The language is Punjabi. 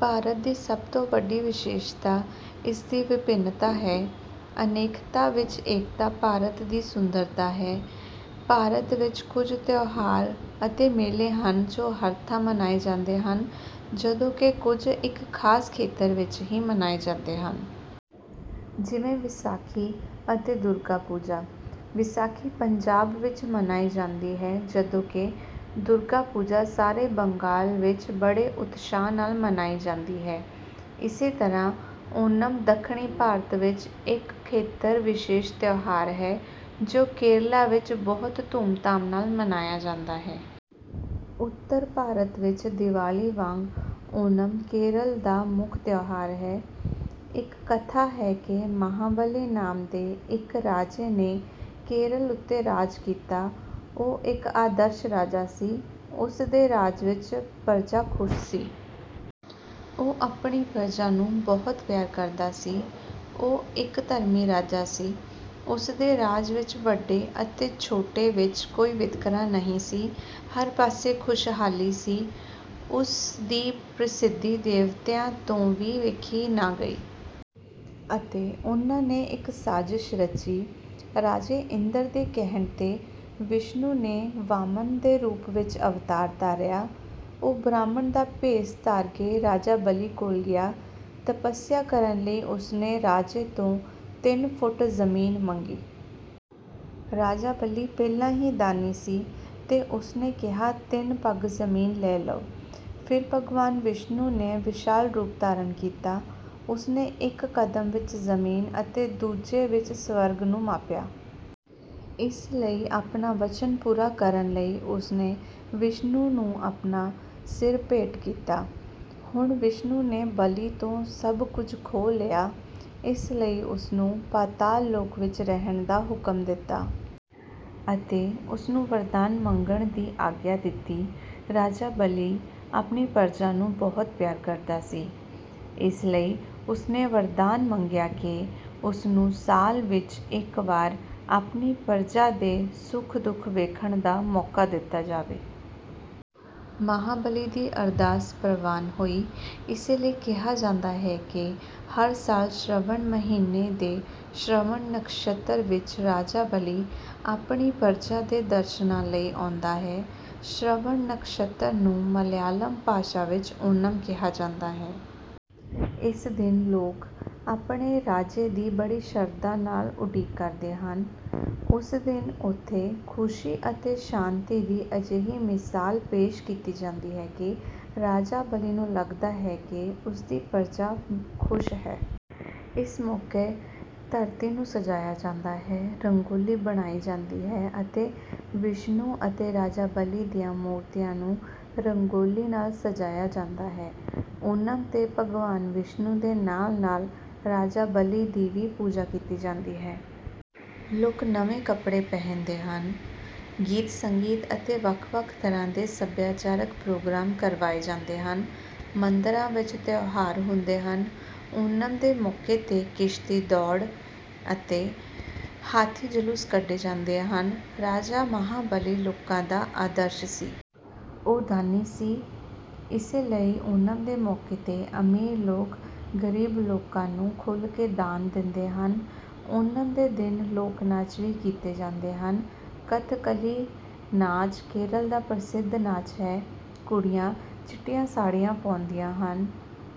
ਭਾਰਤ ਦੀ ਸਭ ਤੋਂ ਵੱਡੀ ਵਿਸ਼ੇਸ਼ਤਾ ਇਸਦੀ ਵਿਭਿੰਨਤਾ ਵਿੱਚ ਹੈ। ਅਨੇਕਤਾ ਵਿੱਚ ਏਕਤਾ ਭਾਰਤ ਦੀ ਸੁੰਦਰਤਾ ਹੈ। ਭਾਰਤ ਵਿੱਚ ਕੁਝ ਤਿਉਹਾਰ ਅਤੇ ਮੇਲੇ ਹਨ ਜੋ ਹਰ ਥਾਂ ਮਨਾਏ ਜਾਂਦੇ ਹਨ। ਜਦੋਂ ਕਿ ਕੁਝ ਇੱਕ ਖਾਸ ਖੇਤਰ ਵਿੱਚ ਹੀ ਮਨਾਏ ਜਾਂਦੇ ਹਨ। ਜਿਵੇਂ ਵਿਸਾਖੀ ਅਤੇ ਦੁਰਗਾ ਪੂਜਾ। ਵਿਸਾਖੀ ਪੰਜਾਬ ਵਿੱਚ ਮਨਾਈ ਜਾਂਦੀ ਹੈ ਜਦੋਂ ਕਿ ਦੁਰਗਾ ਪੂਜਾ ਸਾਰੇ ਬੰਗਾਲ ਵਿੱਚ ਬੜੇ ਉਤਸ਼ਾਹ ਨਾਲ ਮਨਾਈ ਜਾਂਦੀ ਹੈ। ਇਸੇ ਤਰ੍ਹਾਂ ਓਨਮ ਦੱਖਣੀ ਭਾਰਤ ਵਿੱਚ ਇੱਕ ਖੇਤਰ ਵਿਸ਼ੇਸ਼ ਤਿਉਹਾਰ ਹੈ ਜੋ ਕੇਰਲਾ ਵਿੱਚ ਬਹੁਤ ਧੂਮਧਾਮ ਨਾਲ ਮਨਾਇਆ ਜਾਂਦਾ ਹੈ। ਉੱਤਰ ਭਾਰਤ ਵਿੱਚ ਦੀਵਾਲੀ ਵਾਂਗ ਓਨਮ ਕੇਰਲ ਦਾ ਮੁੱਖ ਤਿਉਹਾਰ ਹੈ। ਇੱਕ ਕਥਾ ਹੈ ਕਿ ਮਹਾਬਲੀ ਨਾਮ ਦੇ ਇੱਕ ਰਾਜੇ ਨੇ ਕੇਰਲ ਉੱਤੇ ਰਾਜ ਕੀਤਾ ਉਹ ਇੱਕ ਆਦਰਸ਼ ਰਾਜਾ ਸੀ। ਉਸ ਦੇ ਰਾਜ ਵਿਚ ਪਰਜਾ ਖੁਸ਼ ਸੀ। ਉਹ ਆਪਣੀ ਪਰਜਾ ਨੂੰ ਬਹੁਤ ਪਿਆਰ ਕਰਦਾ ਸੀ। ਉਹ ਇੱਕ ਧਰਮੀ ਰਾਜਾ ਸੀ। ਉਸਦੇ ਰਾਜ ਵਿੱਚ ਵੱਡੇ ਅਤੇ ਛੋਟੇ ਵਿੱਚ ਕੋਈ ਵਿਤਕਰਾ ਨਹੀਂ ਸੀ। ਹਰ ਪਾਸੇ ਖੁਸ਼ਹਾਲੀ ਸੀ। ਉਸ ਦੀ ਪ੍ਰਸਿੱਧੀ ਦੇਵਤਿਆਂ ਤੋਂ ਵੀ ਵੇਖੀ ਨਾ ਗਈ। ਅਤੇ ਉਨ੍ਹਾਂ ਨੇ ਇੱਕ ਸਾਜ਼ਿਸ਼ ਰਚੀ। ਰਾਜੇ ਇੰਦਰ ਦੇ ਕਹਿਣ 'ਤੇ, ਵਿਸ਼ਨੂੰ ਨੇ ਵਾਮਨ ਦੇ ਰੂਪ ਵਿੱਚ ਅਵਤਾਰ ਧਾਰਿਆ। ਉਹ ਬ੍ਰਾਹਮਣ ਦਾ ਭੇਸ ਧਾਰ ਕੇ ਰਾਜਾ ਬਲੀ ਕੋਲ ਗਿਆ। ਤਪੱਸਿਆ ਕਰਨ ਲਈ ਉਸ ਨੇ ਰਾਜੇ ਤੋਂ ਤਿੰਨ ਫੁੱਟ ਜ਼ਮੀਨ ਮੰਗੀ। ਰਾਜਾ ਬਲੀ ਪਹਿਲਾਂ ਹੀ ਦਾਨੀ ਸੀ ਤੇ ਉਸਨੇ ਕਿਹਾ ਤਿਨ ਪੱਗ ਜ਼ਮੀਨ ਲੈ ਲਓ। ਫਿਰ ਭਗਵਾਨ ਵਿਸ਼ਨੂੰ ਨੇ ਵਿਸ਼ਾਲ ਰੂਪ ਧਾਰਨ ਕੀਤਾ। ਉਸਨੇ ਇੱਕ ਕਦਮ ਵਿੱਚ ਜ਼ਮੀਨ ਅਤੇ ਦੂਜੇ ਵਿੱਚ ਸਵਰਗ ਨੂੰ ਮਾਪਿਆ। ਇਸ ਲਈ ਆਪਣਾ ਵਚਨ ਪੂਰਾ ਕਰਨ ਲਈ ਉਸਨੇ ਵਿਸ਼ਨੂੰ ਨੂੰ ਆਪਣਾ ਸਿਰ ਭੇਟ ਕੀਤਾ। ਹੁਣ ਵਿਸ਼ਨੂੰ ਨੇ ਬਲੀ ਤੋਂ ਸਭ ਕੁਝ ਖੋਹ ਲਿਆ। ਇਸ ਲਈ ਉਸਨੂੰ ਪਾਤਾਲ ਲੋਕ ਵਿੱਚ ਰਹਿਣ ਦਾ ਹੁਕਮ ਦਿੱਤਾ। ਅਤੇ ਉਸਨੂੰ ਵਰਦਾਨ ਮੰਗਣ ਦੀ ਆਗਿਆ ਦਿੱਤੀ। ਰਾਜਾ ਬਲੀ ਆਪਣੀ ਪਰਜਾ ਨੂੰ ਬਹੁਤ ਪਿਆਰ ਕਰਦਾ ਸੀ। ਇਸ ਲਈ ਉਸ ਨੇ ਵਰਦਾਨ ਮੰਗਿਆ ਕਿ ਉਸ ਨੂੰ ਸਾਲ ਵਿੱਚ ਇੱਕ ਵਾਰ ਆਪਣੀ ਪਰਜਾ ਦੇ ਸੁੱਖ-ਦੁੱਖ ਵੇਖਣ ਦਾ ਮੌਕਾ ਦਿੱਤਾ ਜਾਵੇ। ਮਹਾਬਲੀ ਦੀ ਅਰਦਾਸ ਪ੍ਰਵਾਨ ਹੋਈ। ਇਸੇ ਲਈ ਕਿਹਾ ਜਾਂਦਾ ਹੈ ਕਿ ਹਰ ਸਾਲ ਸ਼ਰਵਣ ਮਹੀਨੇ ਦੇ ਸ਼੍ਰਵਣ ਨਛੱਤਰ ਵਿੱਚ ਰਾਜਾ ਬਲੀ ਆਪਣੀ ਪਰਜਾ ਦੇ ਦਰਸ਼ਨਾਂ ਲਈ ਆਉਂਦਾ ਹੈ। ਸ਼ਰਵਣ ਨਕਸ਼ਤਰ ਨੂੰ ਮਲਿਆਲਮ ਭਾਸ਼ਾ ਵਿੱਚ 'ਓਨਮ' ਕਿਹਾ ਜਾਂਦਾ ਹੈ। ਇਸ ਦਿਨ ਲੋਕ ਆਪਣੇ ਰਾਜੇ ਦੀ ਬੜੀ ਸ਼ਰਧਾ ਨਾਲ ਉਡੀਕ ਕਰਦੇ ਹਨ। ਉਸ ਦਿਨ ਉੱਥੇ ਖੁਸ਼ੀ ਅਤੇ ਸ਼ਾਂਤੀ ਦੀ ਅਜਿਹੀ ਮਿਸਾਲ ਪੇਸ਼ ਕੀਤੀ ਜਾਂਦੀ ਹੈ ਕਿ ਰਾਜਾ ਬਲੀ ਨੂੰ ਲੱਗਦਾ ਹੈ ਕਿ ਉਸ ਦੀ ਪਰਜਾ ਖੁਸ਼ ਹੈ। ਇਸ ਮੌਕੇ ਧਰਤੀ ਨੂੰ ਸਜਾਇਆ ਜਾਂਦਾ ਹੈ, ਰੰਗੋਲੀ ਬਣਾਈ ਜਾਂਦੀ ਹੈ ਅਤੇ ਵਿਸ਼ਨੂੰ ਅਤੇ ਰਾਜਾ ਬਲੀ ਦੀਆਂ ਮੂਰਤੀਆਂ ਨੂੰ ਰੰਗੋਲੀ ਨਾਲ ਸਜਾਇਆ ਜਾਂਦਾ ਹੈ। ਓਨਮ 'ਤੇ ਭਗਵਾਨ ਵਿਸ਼ਨੂੰ ਦੇ ਨਾਲ-ਨਾਲ ਰਾਜਾ ਬਲੀ ਦੀ ਵੀ ਪੂਜਾ ਕੀਤੀ ਜਾਂਦੀ ਹੈ। ਲੋਕ ਨਵੇਂ ਕੱਪੜੇ ਪਹਿਨਦੇ ਹਨ। ਗੀਤ-ਸੰਗੀਤ ਅਤੇ ਵੱਖ-ਵੱਖ ਤਰ੍ਹਾਂ ਦੇ ਸੱਭਿਆਚਾਰਕ ਪ੍ਰੋਗਰਾਮ ਕਰਵਾਏ ਜਾਂਦੇ ਹਨ। ਮੰਦਰਾਂ ਵਿੱਚ ਤਿਉਹਾਰ ਹੁੰਦੇ ਹਨ। ਓਨਮ ਦੇ ਮੌਕੇ 'ਤੇ ਕਿਸ਼ਤੀ ਦੌੜ ਅਤੇ ਹਾਥੀ ਜਲੂਸ ਕੱਢੇ ਜਾਂਦੇ ਹਨ। ਰਾਜਾ ਮਹਾਬਲੀ ਲੋਕਾਂ ਦਾ ਆਦਰਸ਼ ਸੀ। ਉਹ ਦਾਨੀ ਸੀ। ਇਸੇ ਲਈ ਓਨਮ ਦੇ ਮੌਕੇ 'ਤੇ ਅਮੀਰ ਲੋਕ ਗਰੀਬ ਲੋਕਾਂ ਨੂੰ ਖੁੱਲ੍ਹ ਕੇ ਦਾਨ ਦਿੰਦੇ ਹਨ। ਓਨਮ ਦੇ ਦਿਨ ਲੋਕ ਨਾਚ ਵੀ ਕੀਤੇ ਜਾਂਦੇ ਹਨ। ਕਥਕਲੀ ਨਾਚ ਕੇਰਲ ਦਾ ਪ੍ਰਸਿੱਧ ਨਾਚ ਹੈ। ਕੁੜੀਆਂ ਚਿੱਟੀਆਂ ਸਾੜੀਆਂ ਪਾਉਂਦੀਆਂ ਹਨ।